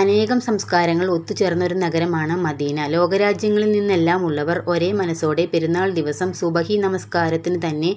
അനേകം സംസ്കാരങ്ങൾ ഒത്തുചേർന്ന ഒരു നഗരമാണ് മദീന. ലോകരാജ്യങ്ങളിൽ നിന്നെല്ലാമുള്ളവർ ഒരേ മനസ്സോടെ പെരുന്നാൾ ദിവസം സുബഹി നമസ്കാരത്തിനു തന്നെ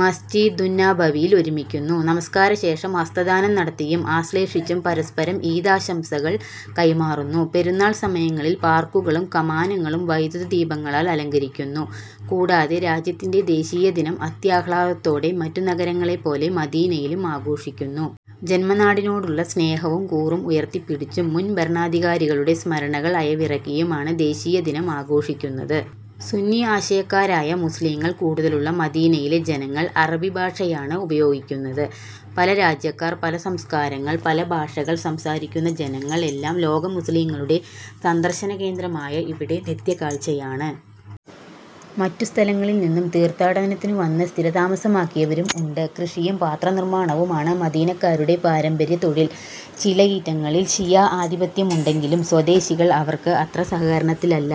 മസ്ജിദുന്നബവിയിൽ ഒരുമിക്കുന്നു. നമസ്കാരശേഷം ഹസ്തദാനം നടത്തിയും ആശ്ളേഷിച്ചും പരസ്പരം ഈദാശംസകൾ കൈമാറുന്നു. പെരുന്നാൾ സമയങ്ങളിൽ പാർക്കുകളും കമാനങ്ങളും വൈദ്യുതദീപങ്ങളാൽ അലങ്കരിക്കുന്നു. കൂടാതെ രാജ്യത്തിന്റെ ദേശീയദിനം അത്യാഹ്ളാദത്തോടെ മറ്റു നഗരങ്ങളെ പോലെ മദീനയിലും ആഘോഷിക്കുന്നു. ജന്മനാടിനോടുള്ള സ്നേഹവും കൂറും ഉയർത്തിപ്പിടിച്ചും മുൻ ഭരണാധികാരികളുടെ സ്മരണകൾ അയവിറക്കിയും ആണ് ദേശീയദിനം ആഘോഷിക്കുന്നത്. സുന്നി ആശയക്കാരായ മുസ്ലിങ്ങൾ കൂടുതലുള്ള മദീനയിലെ ജനങ്ങൾ അറബി ഭാഷയാണ് ഉപയോഗിക്കുന്നത്. പല രാജ്യക്കാർ, പല സംസ്കാരങ്ങൾ, പല ഭാഷകൾ സംസാരിക്കുന്ന ജനങ്ങൾ എല്ലാം ലോക മുസ്ലിംകളുടെ സന്ദർശനകേന്ദ്രമായ ഇവിടെ നിത്യകാഴ്ചയാണ്. മറ്റു സ്ഥലങ്ങളിൽ നിന്നും തീർഥാടനത്തിനു വന്നു സ്ഥിരതാമസമാക്കിയവരും ഉണ്ട്. കൃഷിയും പാത്രനിർമ്മാണവും ആണ് മദീനക്കാരുടെ പാരമ്പര്യ തൊഴിൽ. ചിലയിറ്റങ്ങളിൽ ശിയ ആദിപത്യമുണ്ടങ്കിലും സ്വദേശികൾ അവർക്ക് അത്ര സഹകരണത്തിലല്ല.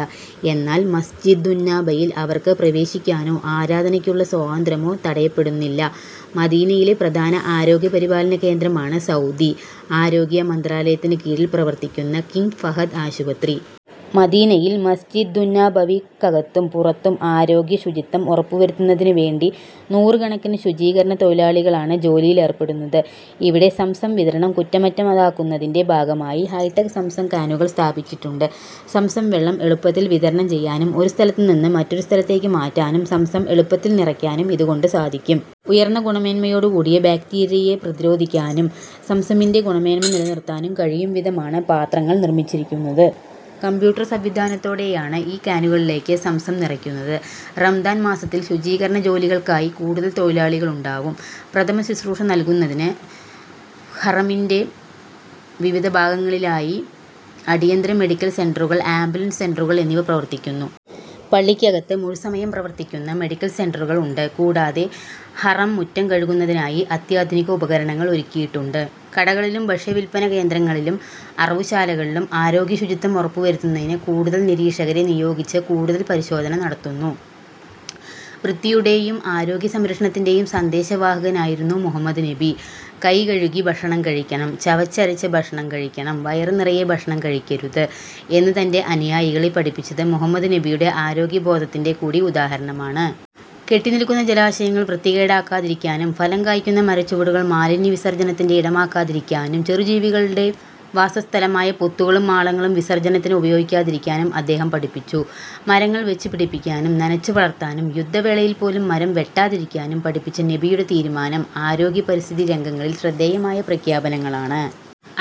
എന്നാൽ മസ്ജിദുന്നബയിൽ അവർക്ക് പ്രവേശിക്കാനോ ആരാധനക്കുള്ള സ്വാതന്ത്രമോ തടയപ്പെടുന്നില്ലാ.. മദീനയിലെ പ്രധാന ആരോഗ്യ പരിപാലന കേന്ദ്രമാണ് സൗദി ആരോഗ്യ മന്ത്രാലയത്തിന് കീഴിൽ പ്രവർത്തിക്കുന്ന കിങ് ഫഹദ് ആശുപത്രി.. മദീനയിൽ മസ്ജിദുന്നബവിക്കകത്തും പുറത്തും ആരോഗ്യ ശുചിത്വം ഉറപ്പുവരുത്തുന്നതിന് വേണ്ടി നൂറുകണക്കിന് ശുചികരണ തൊഴിലാളികളാണ് ജോലിയിലെർപ്പെടുന്നത്. ഇവിടെ സംസം വിതരണം കുറ്റമറ്റതാക്കുന്നതിന്റെ ഭാഗമായി ഹൈടെക് സംസം കാനുകൾ സ്ഥാപിച്ചിട്ടുണ്ട്. സംസം വെള്ളം എളുപ്പത്തിൽ വിതരണം ചെയ്യാനും ഒരുസ്ഥലത്ത് നിന്ന് മറ്റൊരു സ്ഥലത്തേക്ക് മാറ്റാനും സംസം എളുപ്പത്തിൽ നിറക്കാനും ഇത് കൊണ്ട് സാധിക്കും. ഉയർന്ന ഗുണമേന്മയോട് കൂടിയ ബാക്ടീരിയയെ പ്രതിരോധിക്കാനും സംസമിന്റെ ഗുണമേന്മ നിലനിർത്താനും കഴിയും വിധമാണ് പാത്രങ്ങൾ നിർമിച്ചിരിക്കുന്നത്. കമ്പ്യൂട്ടർ സംവിധാനത്തോടെയാണ് ഈ കാനുകളിലേക്ക് സംസം നിറക്കുന്നത്. റമദാൻ മാസത്തിൽ ശുചീകരണ ജോലികൾക്കായി കൂടുതൽ തൊഴിലാളികളുണ്ടാവും. പ്രഥമശുശ്രൂഷ നൽകുന്നതിന് ഹറമിന്റ വിവിധ ഭാഗങ്ങളിലായി അടിയന്തര മെഡിക്കൽ സെന്ററുകൾ, ആംബുലൻസ് സെന്ററുകൾ എന്നിവ പ്രവർത്തിക്കുന്നു. പള്ളിക്കകത്ത് മുഴുസമയം പ്രവർത്തിക്കുന്ന മെഡിക്കൽ സെന്ററുകൾ ഉണ്ട്. കൂടാതെ ഹറം മുറ്റം കഴുകുന്നതിനായി അത്യാധുനിക ഉപകരണങ്ങൾ ഒരുക്കിയിട്ടുണ്ട്. കടകളിലും ഭക്ഷ്യവിൽപന കേന്ദ്രങ്ങളിലും അറവുശാലകളിലും ആരോഗ്യ ശുചിത്വം ഉറപ്പുവരുത്തുന്നതിന് കൂടുതൽ നിരീക്ഷകരെ നിയോഗിച്ച് കൂടുതൽ പരിശോധന നടത്തുന്നു. വൃത്തിയുടെയും ആരോഗ്യ സംരക്ഷണത്തിന്റെയും സന്ദേശവാഹകനായിരുന്നു മുഹമ്മദ് നബി. കൈകഴുകി ഭക്ഷണം കഴിക്കണം, ചവച്ചരച്ച് ഭക്ഷണം കഴിക്കണം, വയറ് നിറയെ ഭക്ഷണം കഴിക്കരുത് എന്ന് തന്റെ അനുയായികളെ പഠിപ്പിച്ചത് മുഹമ്മദ് നബിയുടെ ആരോഗ്യ ബോധത്തിന്റെ കൂടി ഉദാഹരണമാണ്. കെട്ടിനിൽക്കുന്ന ജലാശയങ്ങൾ വൃത്തികേടാക്കാതിരിക്കാനും ഫലം കായ്ക്കുന്ന മരച്ചുവടുകൾ മാലിന്യ വിസർജനത്തിന്റെ ഇടമാക്കാതിരിക്കാനും ചെറുജീവികളുടെ വാസസ്ഥലമായ പൊത്തുകളും മാളങ്ങളും വിസർജനത്തിന് ഉപയോഗിക്കാതിരിക്കാനും അദ്ദേഹം പഠിപ്പിച്ചു. മരങ്ങൾ വെച്ച് പിടിപ്പിക്കാനും നനച്ച് വളർത്താനും യുദ്ധവേളയിൽ പോലും മരം വെട്ടാതിരിക്കാനും പഠിപ്പിച്ച നബിയുടെ തീരുമാനം ആരോഗ്യ പരിസ്ഥിതി രംഗങ്ങളിൽ ശ്രദ്ധേയമായ പ്രഖ്യാപനങ്ങളാണ്.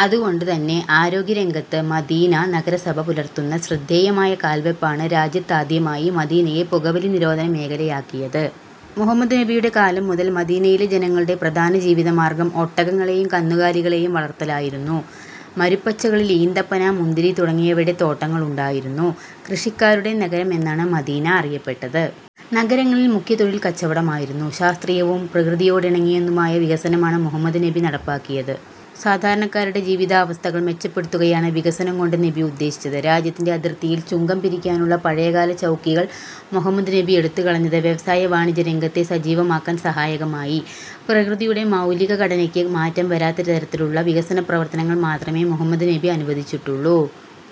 അത് കൊണ്ട് തന്നെ ആരോഗ്യ രംഗത്ത് മദീന നഗരസഭ പുലർത്തുന്ന ശ്രദ്ധേയമായ കാൽവെപ്പാണ് രാജ്യത്താദ്യമായി മദീനയെ പുകവലി നിരോധന മേഖലയാക്കിയത്. മുഹമ്മദ് നബിയുടെ കാലം മുതൽ മദീനയിലെ ജനങ്ങളുടെ പ്രധാന ജീവിതമാർഗ്ഗം ഒട്ടകങ്ങളെയും കന്നുകാലികളെയും വളർത്തലായിരുന്നു. മരുപ്പച്ചകളിൽ ഈന്തപ്പന, മുന്തിരി തുടങ്ങിയവയുടെ തോട്ടങ്ങളുണ്ടായിരുന്നു. കൃഷിക്കാരുടെ നഗരം എന്നാണ് മദീന അറിയപ്പെട്ടത്. നഗരങ്ങളിൽ മുഖ്യതൊഴിൽ കച്ചവടമായിരുന്നു. ശാസ്ത്രീയവും പ്രക്രതിയോടിണങ്ങുന്നതുമായ വികസനം ആണ് മുഹമ്മദ് നബി നടപ്പാക്കിയത്. സാധാരണക്കാരുടെ ജീവിതാവസ്ഥകൾ മെച്ചപ്പെടുത്തുകയാണ് വികസനം കൊണ്ട് നബി ഉദ്ദേശിച്ചത്. രാജ്യത്തിന്റെ അതിർത്തിയിൽ ചുങ്കം പിരിക്കാനുള്ള പഴയകാല ചൗക്കികൾ മുഹമ്മദ് നബി എടുത്ത് കളഞ്ഞത് വ്യവസായ-വാണിജ്യ രംഗത്തെ സജീവമാക്കാൻ സഹായകമായി. പ്രകൃതിയുടെ മൗലിക ഘടനക്ക് മാറ്റം വരാത്ത തരത്തിലുള്ള വികസന പ്രവർത്തനങ്ങൾ മാത്രമേ മുഹമ്മദ് നബി അനുവദിച്ചിട്ടുള്ളൂ.